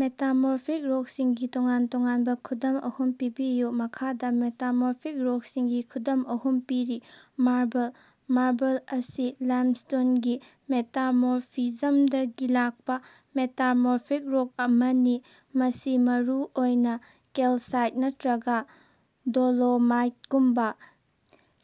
Metamorphic ꯔꯣꯛꯁꯤꯡꯒꯤ ꯇꯣꯉꯥꯟ-ꯇꯣꯉꯥꯟꯕ ꯈꯨꯗꯝ ꯑꯍꯨꯝ ꯊꯤꯕꯤꯌꯨ꯫ ꯃꯈꯥꯗ ꯃꯦꯇꯥꯃꯣꯔꯐꯤꯛ ꯔꯣꯛꯁꯤꯡꯒꯤ ꯈꯨꯗꯝ ꯑꯍꯨꯝ ꯄꯤꯔꯤ꯫ ꯃꯥꯔꯕꯜ: ꯃꯥꯔꯕꯜ ꯑꯁꯤ ꯂꯥꯏꯝꯁ꯭ꯇꯣꯟꯒꯤ ꯃꯦꯇꯥꯃꯣꯔꯐꯤꯖꯝꯗꯒꯤ ꯂꯥꯛꯄ ꯃꯦꯇꯥꯃꯣꯔꯐꯤꯛ ꯔꯣꯛ ꯑꯃꯅꯤ, ꯃꯁꯤ ꯃꯔꯨꯑꯣꯏꯅ ꯀꯦꯜꯁꯥꯏꯠ ꯅꯠꯇ꯭ꯔꯒ ꯗꯣꯂꯣꯃꯥꯏꯠꯒꯨꯝꯕ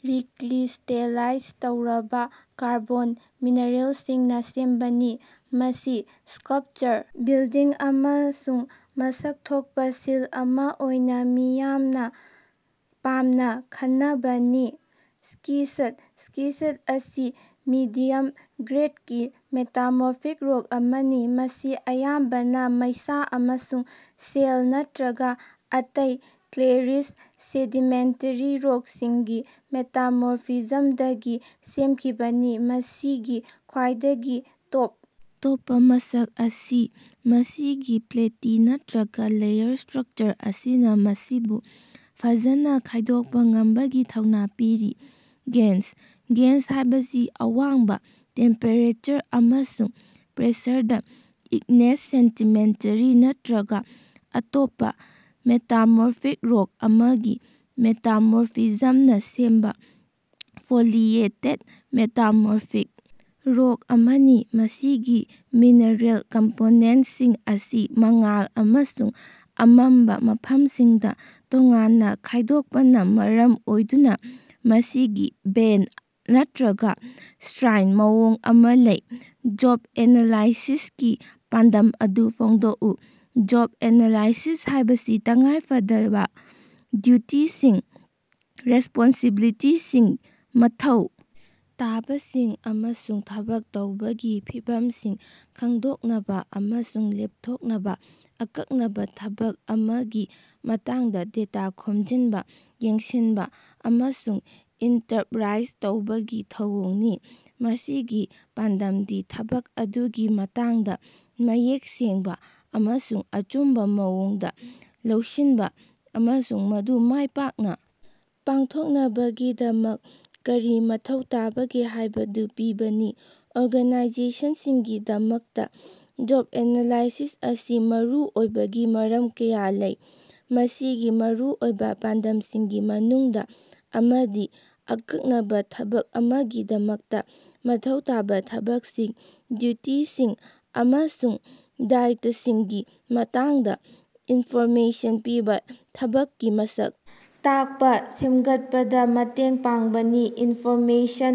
ꯔꯤꯀ꯭ꯔꯤꯁꯇꯦꯂꯥꯏꯖ ꯇꯧꯔꯕ ꯀꯥꯔꯕꯣꯟ ꯃꯤꯅꯔꯦꯜꯁꯤꯡꯅ ꯁꯦꯝꯕꯅꯤ꯫ ꯃꯁꯤ ꯁ꯭ꯀꯜꯞꯆꯔ, ꯕꯤꯜꯗꯤꯡ ꯑꯃꯁꯨꯡ ꯃꯁꯛ ꯊꯣꯛꯄ ꯁꯤꯜ ꯑꯃ ꯑꯣꯏꯅ ꯃꯤꯌꯥꯝꯅ ꯄꯥꯝꯅꯕ ꯈꯟꯅꯕꯅꯤ꯫ ꯁ꯭ꯀꯤꯁꯠ ꯁ꯭ꯀꯤꯁꯠ ꯑꯁꯤ ꯃꯤꯗꯤꯌꯝ ꯒ꯭ꯔꯦꯗꯀꯤ ꯃꯦꯇꯥꯃꯣꯔꯐꯤꯛ ꯔꯣꯛ ꯑꯃꯅꯤ, ꯃꯁꯤ ꯑꯌꯥꯝꯕꯅ ꯃꯩꯁꯥ ꯑꯃꯁꯨꯡ ꯁꯦꯜ ꯅꯠꯇ꯭ꯔꯒ ꯑꯇꯩ ꯀ꯭ꯂꯦ-ꯔꯤꯆ ꯁꯦꯗꯤꯃꯦꯟꯇꯦꯔꯤ ꯔꯣꯛꯁꯤꯡꯒꯤ ꯃꯦꯇꯥꯃꯣꯔꯐꯤꯖꯝꯗꯒꯤ ꯁꯦꯝꯈꯤꯕꯅꯤ꯫ ꯃꯁꯤꯒꯤ ꯈ꯭ꯋꯥꯏꯗꯒꯤ ꯇꯣꯞ ꯇꯣꯞꯄ ꯃꯁꯛ ꯑꯁꯤ ꯃꯁꯤꯒꯤ ꯄ꯭ꯂꯦꯇꯤ ꯅꯠꯇ꯭ꯔꯒ ꯂꯦꯌꯔ ꯁ꯭ꯇꯔꯛꯆꯔ ꯑꯁꯤꯅ ꯃꯁꯤꯕꯨ ꯐꯖꯅ ꯈꯥꯏꯗꯣꯛꯄ ꯉꯝꯕꯒꯤ ꯊꯧꯅ ꯄꯤꯔꯤ꯫ ꯒ꯭ꯅꯦꯏꯁ: ꯒ꯭ꯅꯦꯏꯁ ꯍꯥꯏꯕꯁꯤ ꯑꯋꯥꯡꯕ ꯇꯦꯝꯄꯦꯔꯦꯆꯔ ꯑꯃꯁꯨꯡ ꯄ꯭ꯔꯦꯁꯔꯗ ꯏꯒ꯭ꯅꯦꯁ, ꯁꯦꯗꯤꯃꯦꯟꯇꯦꯔꯤ ꯅꯠꯇ꯭ꯔꯒ ꯑꯇꯣꯞꯄ ꯃꯦꯇꯥꯃꯣꯔꯐꯤꯛ ꯔꯣꯛ ꯑꯃꯒꯤ ꯃꯦꯇꯥꯃꯣꯔꯐꯤꯖꯝꯅ ꯁꯦꯝꯕ ꯐꯣꯂꯤꯑꯦꯇꯦꯗ ꯃꯦꯇꯥꯃꯣꯔꯐꯤꯛ ꯔꯣꯛ ꯑꯃꯅꯤ꯫ ꯃꯁꯤꯒꯤ ꯃꯤꯅꯔꯦꯜ ꯀꯝꯄꯣꯅꯦꯟꯠꯁꯤꯡ ꯑꯁꯤ ꯃꯉꯥꯜ ꯑꯃꯁꯨꯡ ꯑꯃꯝꯕ ꯃꯐꯝꯁꯤꯡꯗ ꯇꯣꯉꯥꯟꯅ ꯈꯥꯏꯗꯣꯛꯄꯅ ꯃꯔꯝ ꯑꯣꯏꯗꯨꯅ ꯃꯁꯤꯒꯤ ꯕꯦꯟ ꯅꯠꯇ꯭ꯔꯒ ꯁ꯭ꯇꯔꯥꯏꯞ ꯃꯑꯣꯡ ꯑꯃ ꯂꯩ꯫ ꯖꯣꯕ ꯑꯦꯅꯥꯂꯥꯏꯁꯤꯁꯀꯤ ꯄꯥꯟꯗꯝ ꯑꯗꯨ ꯐꯣꯡꯗꯣꯛꯎ꯫ ꯖꯣꯕ ꯑꯦꯅꯥꯂꯥꯏꯁꯤꯁ ꯍꯥꯏꯕꯁꯤ ꯇꯉꯥꯏꯐꯗꯕ ꯗ꯭ꯌꯨꯇꯤꯁꯤꯡ, ꯔꯦꯁꯄꯣꯟꯁꯤꯕꯤꯂꯤꯇꯤꯁꯤꯡ, ꯃꯊꯧ ꯇꯥꯕꯁꯤꯡ ꯑꯃꯁꯨꯡ ꯊꯕꯛ ꯇꯧꯕꯒꯤ ꯐꯤꯚꯝꯁꯤꯡ ꯈꯪꯗꯣꯛꯅꯕ ꯑꯃꯁꯨꯡ ꯂꯦꯞꯊꯣꯛꯅꯕ ꯑꯀꯛꯅꯕ ꯊꯕꯛ ꯑꯃꯒꯤ ꯃꯇꯥꯡꯗ ꯗꯦꯇꯥ ꯈꯣꯝꯖꯤꯟꯅꯕ, ꯌꯦꯡꯁꯤꯟꯕ ꯑꯃꯁꯨꯡ ꯏꯟꯇꯔꯞꯔꯥꯏꯖ ꯇꯧꯕꯒꯤ ꯊꯧꯑꯣꯡꯅꯤ꯫ ꯃꯁꯤꯒꯤ ꯄꯥꯟꯗꯝꯗꯤ ꯊꯕꯛ ꯑꯗꯨꯒꯤ ꯃꯇꯥꯡꯗ ꯃꯌꯦꯛ ꯁꯦꯡꯕ ꯑꯃꯁꯨꯡ ꯑꯆꯨꯝꯕ ꯃꯑꯣꯡꯗ ꯂꯧꯁꯤꯟꯕ ꯑꯃꯁꯨꯡ ꯃꯗꯨ ꯃꯥꯏꯄꯥꯛꯅ ꯄꯥꯡꯊꯣꯛꯅꯕꯒꯤꯗꯃꯛ ꯀꯔꯤ ꯃꯊꯧ ꯇꯥꯕꯒꯦ ꯍꯥꯏꯕꯗꯨ ꯄꯤꯕꯅꯤ꯫ ꯑꯣꯔꯒꯥꯅꯥꯏꯖꯦꯁꯟꯁꯤꯡꯒꯤꯗꯃꯛꯇ ꯖꯣꯕ ꯑꯦꯅꯥꯂꯥꯏꯁꯤꯁ ꯑꯁꯤ ꯃꯔꯨꯑꯣꯏꯕꯒꯤ ꯃꯔꯝ ꯀꯌꯥ ꯂꯩ꯫ ꯃꯁꯤꯒꯤ ꯃꯔꯨꯑꯣꯏꯕ ꯄꯥꯟꯗꯝꯁꯤꯡꯒꯤ ꯃꯅꯨꯡꯗ ꯑꯃꯗꯤ ꯑꯀꯛꯅꯕ ꯊꯕꯛ ꯑꯃꯒꯤꯗꯃꯛꯇ ꯃꯊꯧ ꯇꯥꯕ ꯊꯕꯛꯁꯤꯡ, ꯗ꯭ꯌꯨꯇꯤꯁꯤꯡ ꯑꯃꯁꯨꯡ ꯗꯥꯏꯇꯁꯤꯡꯒꯤ ꯃꯇꯥꯡꯗ ꯏꯟꯐꯣꯔꯃꯦꯁꯟ ꯄꯤꯕ ꯊꯕꯛꯀꯤ ꯃꯁꯛ ꯇꯥꯛꯄ ꯁꯦꯝꯒꯠꯄꯗ ꯃꯇꯦꯡ ꯄꯥꯡꯕꯅꯤ꯫ ꯏꯟꯐꯣꯔꯃꯦꯁꯟ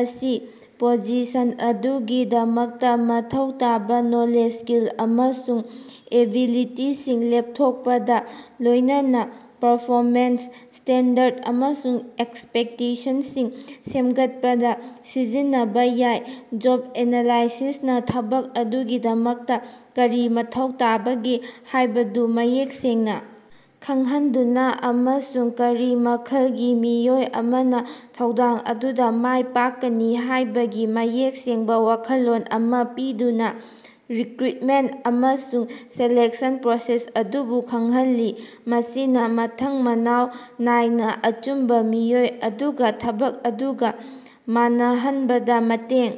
ꯑꯁꯤ ꯄꯣꯖꯤꯁꯟ ꯑꯗꯨꯒꯤꯗꯃꯛꯇ ꯃꯊꯧ ꯇꯥꯕ ꯅꯣꯂꯦꯖ, ꯁ꯭ꯀꯤꯜ ꯑꯃꯁꯨꯡ ꯑꯦꯕꯤꯂꯤꯇꯤꯁꯤꯡ ꯂꯦꯞꯊꯣꯛꯄꯗ, ꯂꯣꯏꯅꯅ ꯄꯔꯐꯣꯃꯦꯟꯁ ꯁ꯭ꯇꯦꯟꯗꯔꯗ ꯑꯃꯁꯨꯡ ꯑꯦꯛꯁꯄꯦꯛꯇꯦꯁꯟꯁꯤꯡ ꯁꯦꯝꯒꯠꯄꯗ ꯁꯤꯖꯤꯟꯅꯕ ꯌꯥꯏ꯫ ꯖꯣꯕ ꯑꯦꯅꯥꯂꯥꯏꯁꯤꯁꯅ ꯊꯕꯛ ꯑꯗꯨꯒꯤꯗꯃꯛꯇ ꯀꯔꯤ ꯃꯊꯧ ꯇꯥꯕꯒꯦ ꯍꯥꯏꯕꯗꯨ ꯃꯌꯦꯛ ꯁꯦꯡꯅ ꯈꯪꯍꯟꯗꯨꯅ, ꯑꯃꯁꯨꯡ ꯀꯔꯤ ꯃꯈꯜꯒꯤ ꯃꯤꯑꯣꯏ ꯑꯃꯅ ꯊꯧꯗꯥꯡ ꯑꯗꯨꯗ ꯃꯥꯏ ꯄꯥꯛꯀꯅꯤ ꯍꯥꯏꯕꯒꯤ ꯃꯌꯦꯛ ꯁꯦꯡꯕ ꯋꯥꯈꯜꯂꯣꯟ ꯑꯃ ꯄꯤꯗꯨꯅ ꯔꯤꯀ꯭ꯔꯨꯏꯠꯃꯦꯟꯠ ꯑꯃꯁꯨꯡ ꯁꯦꯂꯦꯛꯁꯟ ꯄ꯭ꯔꯣꯁꯦꯁ ꯑꯗꯨꯁꯨ ꯈꯪꯍꯜꯂꯤ꯫ ꯃꯁꯤꯅ ꯃꯊꯪ ꯃꯅꯥꯏꯎ ꯅꯥꯏꯅ ꯑꯆꯨꯝꯕ ꯃꯤꯑꯣꯏ ꯑꯗꯨꯒ ꯊꯕꯛ ꯑꯗꯨꯒ ꯃꯥꯟꯅꯍꯟꯕꯗ ꯃꯇꯦꯡ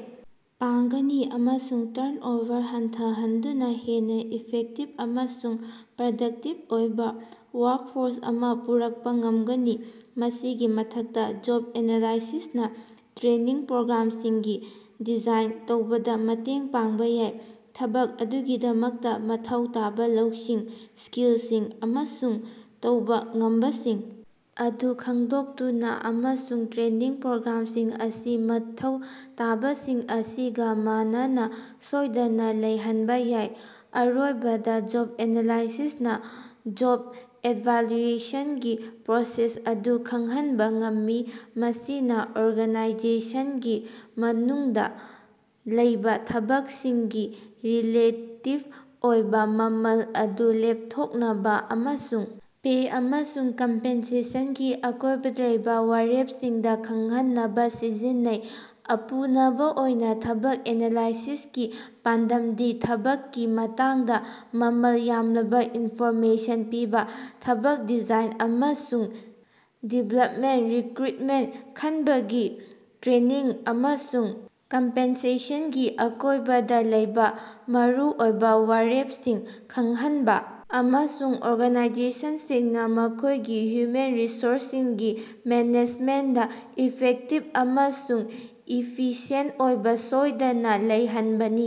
ꯄꯥꯡꯒꯅꯤ ꯑꯃꯁꯨꯡ ꯇꯔꯟꯑꯣꯚꯔ ꯍꯟꯊꯍꯟꯗꯨꯅ ꯍꯦꯟꯅ ꯏꯐꯦꯛꯇꯤꯕ ꯑꯃꯁꯨꯡ ꯄ꯭ꯔꯗꯛꯇꯤꯕ ꯑꯣꯏꯕ ꯋꯥꯔꯛꯐꯣꯔꯁ ꯑꯃ ꯄꯨꯔꯛꯄ ꯉꯝꯒꯅꯤ꯫ ꯃꯁꯤꯒꯤ ꯃꯊꯛꯇ, ꯖꯣꯕ ꯑꯦꯅꯥꯂꯥꯏꯁꯤꯁꯅ ꯇ꯭ꯔꯦꯅꯤꯡ ꯄ꯭ꯔꯣꯒ꯭ꯔꯥꯝꯁꯤꯡꯒꯤ ꯗꯤꯖꯥꯏꯟ ꯇꯧꯕꯗ ꯃꯇꯦꯡ ꯄꯥꯡꯕ ꯌꯥꯏ, ꯊꯕꯛ ꯑꯗꯨꯒꯤꯗꯃꯛꯇ ꯃꯊꯧ ꯇꯥꯕ ꯂꯧꯁꯤꯡ, ꯁ꯭ꯀꯤꯜꯁꯤꯡ ꯑꯃꯁꯨꯡ ꯇꯧꯕ ꯉꯝꯕꯁꯤꯡ ꯑꯗꯨ ꯈꯪꯗꯣꯛꯇꯨꯅ ꯑꯃꯁꯨꯡ ꯇ꯭ꯔꯦꯅꯤꯡ ꯄ꯭ꯔꯣꯒ꯭ꯔꯥꯝꯁꯤꯡ ꯑꯁꯤ ꯃꯊꯧ ꯇꯥꯕꯁꯤꯡ ꯑꯁꯤꯒ ꯃꯥꯟꯅꯅ ꯁꯣꯏꯗꯅ ꯂꯩꯍꯟꯕ ꯌꯥꯏ꯫ ꯑꯔꯣꯏꯕꯗ, ꯖꯣꯕ ꯑꯦꯅꯥꯂꯥꯏꯁꯤꯁꯅ ꯖꯣꯕ ꯏꯚꯥꯜꯌꯨꯑꯦꯁꯟꯒꯤ ꯄ꯭ꯔꯣꯁꯦꯁ ꯑꯗꯨ ꯈꯪꯍꯟꯕ ꯉꯝꯃꯤ, ꯃꯁꯤꯅ ꯑꯣꯔꯒꯅꯥꯏꯖꯦꯁꯟꯒꯤ ꯃꯅꯨꯡꯗ ꯂꯩꯕ ꯊꯕꯛꯁꯤꯡꯒꯤ ꯔꯤꯂꯦꯇꯤꯚ ꯑꯣꯏꯕ ꯃꯃꯜ ꯑꯗꯨ ꯂꯦꯞꯊꯣꯛꯅꯕ ꯑꯃꯁꯨꯡ ꯄꯦ ꯑꯃꯁꯨꯡ ꯀꯝꯄꯦꯟꯁꯦꯁꯟꯒꯤ ꯑꯀꯣꯏꯕꯗ ꯂꯩꯕ ꯋꯥꯔꯦꯞꯁꯤꯡꯗ ꯈꯪꯍꯟꯅꯕ ꯁꯤꯖꯤꯟꯅꯩ꯫ ꯑꯄꯨꯅꯕ ꯑꯣꯏꯅ, ꯊꯕꯛ ꯑꯦꯅꯥꯂꯥꯏꯁꯤꯁꯀꯤ ꯄꯥꯟꯗꯝꯗꯤ ꯊꯕꯛꯀꯤ ꯃꯇꯥꯡꯗ ꯃꯃꯜ ꯌꯥꯝꯂꯕ ꯏꯟꯐꯣꯔꯃꯦꯁꯟ ꯄꯤꯕ, ꯊꯕꯛ ꯗꯤꯖꯥꯏꯟ ꯑꯃꯁꯨꯡ ꯗꯤꯚꯦꯂꯄꯃꯦꯟꯠ, ꯔꯤꯀ꯭ꯔꯨꯏꯠꯃꯦꯟꯠ ꯈꯟꯕꯒꯤ ꯇ꯭ꯔꯦꯅꯤꯡ ꯑꯃꯁꯨꯡ ꯀꯝꯄꯦꯟꯁꯦꯁꯟꯒꯤ ꯑꯀꯣꯏꯕꯗ ꯂꯩꯕ ꯃꯔꯨꯑꯣꯏꯕ ꯋꯥꯔꯦꯞꯁꯤꯡ ꯈꯪꯍꯟꯕ, ꯑꯃꯁꯨꯡ ꯑꯣꯔꯒꯥꯅꯥꯏꯖꯦꯁꯟꯁꯤꯡꯅ ꯃꯈꯣꯏꯒꯤ ꯍ꯭ꯌꯨꯃꯦꯟ ꯔꯤꯁꯣꯔꯁꯁꯤꯡꯒꯤ ꯃꯦꯅꯦꯖꯃꯦꯟꯠꯗ ꯏꯐꯦꯛꯇꯤꯚ ꯑꯃꯁꯨꯡ ꯏꯐꯤꯁꯤꯑꯦꯟꯠ ꯑꯣꯏꯕ ꯁꯣꯏꯗꯅ ꯂꯩꯍꯟꯕꯅꯤ꯫